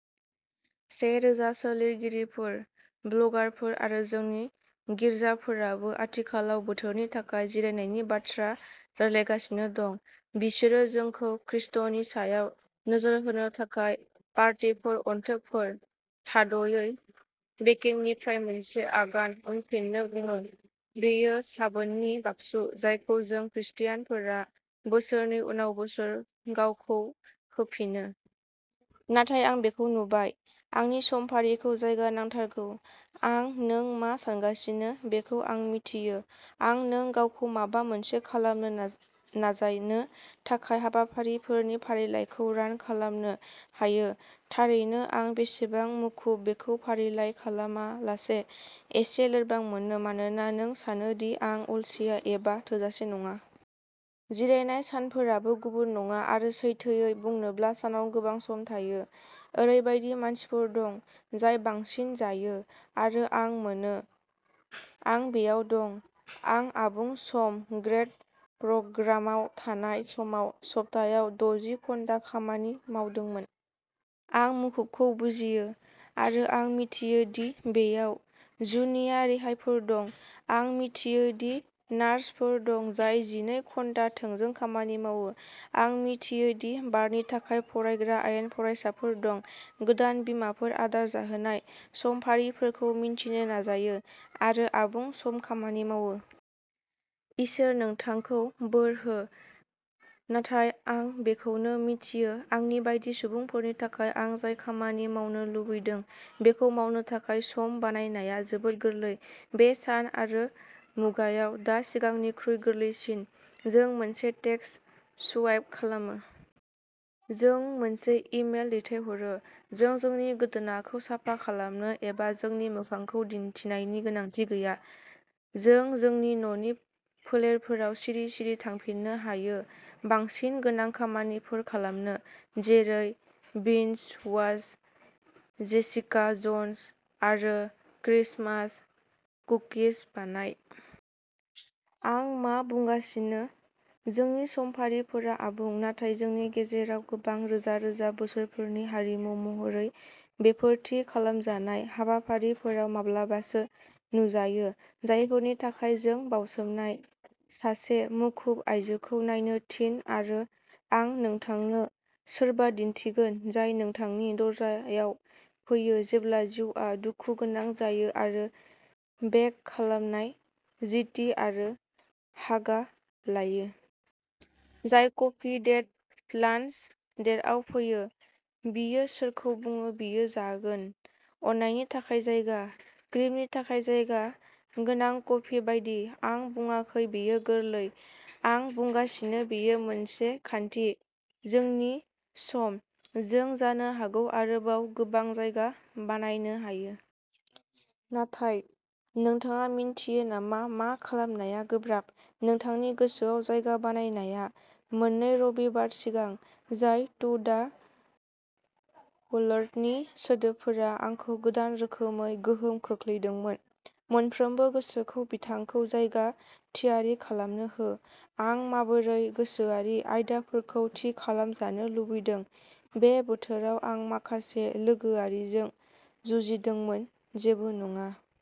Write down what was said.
से रोजा सो लिरगिरिफोर, ब्लगारफोर आरो जोंनि गिरजाफोराबो आथिखालाव बोथोरनि थाखाय जिरायनायनि बाथ्रा रायज्लायगासिनो दं। बिसोरो जोंखौ ख्रिस्ट’नि सायाव नोजोर होनो थाखाय पार्टीफोर, अनथोबफोर, थाद'यै बेकिंनिफ्राय मोनसे आगान उनफिननो बुङो। बेयो साबोननि बाक्सु जायखौ जों ख्रिस्टानफोरा बोसोरनि उनाव बोसोर गावखौ होफिनो। नाथाय आं बेखौ नुबाय। आंनि समफारिखौ जायगा नांथारगौ। आं नों मा सानगासिनो बेखौ आं मिथियो। आं नों गावखौ माबा मोनसे खालामनो नाजानो थाखाय हाबाफारिफोरनि फारिलाइखौ रान खालामनो हायो। थारैनो आं बेसेबां मुखुब बेखौ फारिलाइ खालामालासे एसे लोरबां मोनो मानोना नों सानो दि आं अलसिया एबा थोजासे नङा। जिरायनाय सानफोराबो गुबुन नङा। आरो सैथोयै बुंनोब्ला सानाव गोबां सम थायो। ओरैबायदि मानसिफोर दं जाय बांसिन जायो। आरो आं मोनो। आं बेयाव दं। आं आबुं सम ग्रेद प्रग्रामाव थानाय समाव सप्तायाव दजि घन्टा खामानि मावदोंमोन। आं मुखुबखौ बुजियो। आरो आं मिथियो दि बेयाव जुनिया रेहायफोर दं। आं मिथियो दि नार्सफोर दं जाय जिनै घन्टा थोंजों खामानि मावो। आं मिथियो दि बारनि थाखाय फरायग्रा आयेन फरायसाफोर दं। गोदान बिमाफोरा आदार जाहोनाय समफारिफोरखौ मिन्थिनो नाजायो आरो आबुं-सम खामानि मावो। इसोर नोंथांखौ बोर हो। नाथाय आं बेखौबो मिथियो आंनि बायदि सुबुंफोरनि थाखाय आं जाय खामानि मावनो लुबैदों बेखौ मावनो थाखाय सम बानायनाया जोबोद गोरलै। बे सान आरो मुगायाव दा सिगांनिख्रुइ गोरलैसिन। जों मोनसे टेक्स सुवाइप खालामो। जों मोनसे इमेल दैथायहरो। जों जोंनि गोदोनाखौ साफा खालामनो एबा जोंनि मोखांखौ दिन्थिनायनि गोनांथि गैया। जों जोंनि न'नि फोलेरफोराव सिरि-सिरि थांफिननो हायो बांसिन गोनां खामानिफोर खालामनो। जेरै बिन्ज वाच जेसिका जन्स। आरो क्रिसमास कुकिज बानाय। आं मा बुंगासिनो, जोंनि समफारिफोरा आबुं। नाथाय जोंनि गेजेराव गोबां, रोजा-रोजा बोसोरफोरनि हारिमु महरै, बेफोर थि खालामजानाय हाबाफारिफोराव माब्लाबासो नुजायो, जायफोरनि थाखाय जों बाउसोमनाय। सासे मुखुब आयजोखौ नायनो थिन आरो आं नोंथांनो सोरबा दिन्थिगोन जाय नोंथांनि दरजायाव फैयो जेब्ला जिउआ दुखुगोनां जायो आरो बेक खालामनाय जिटि आरो हागा लायो। जाय कफि डेट, लान्स डेटआव फैयो। बियो सोरखौ बुङो बियो जागोन, अननायनि थाखाय जायगा, क्रिमनि थाखाय जायगा गोनां कफि बायदि। आं बुङाखै बेयो गोरलै। आं बुंगासिनो बेयो मोनसे खान्थि। जोंनि सम, जों जानो हागौ आरोबाव गोबां जायगा बानायनो हायो। नाथाय, नोंथाङा मिन्थियो नामा मा खालामनाया गोब्राब? नोंथांनि गोसोआव जायगा बानायनाया। मोननै रबिबार सिगां, जाय टु दा वर्ल्डनि सोदोबफोरा आंखौ गोदान रोखोमै गोहोम खोख्लैदोंमोन। मोनफ्रोमबो गोसोखौ बिथांखौ जायगा थियारि खालामनो हो। आं माबोरै गोसोआरि आयदाफोरखौ थि खालामजानो लुबैदों। बे बोथोराव आं माखासे लोगोआरिजों जुजिदोंमोन। जेबो नङा।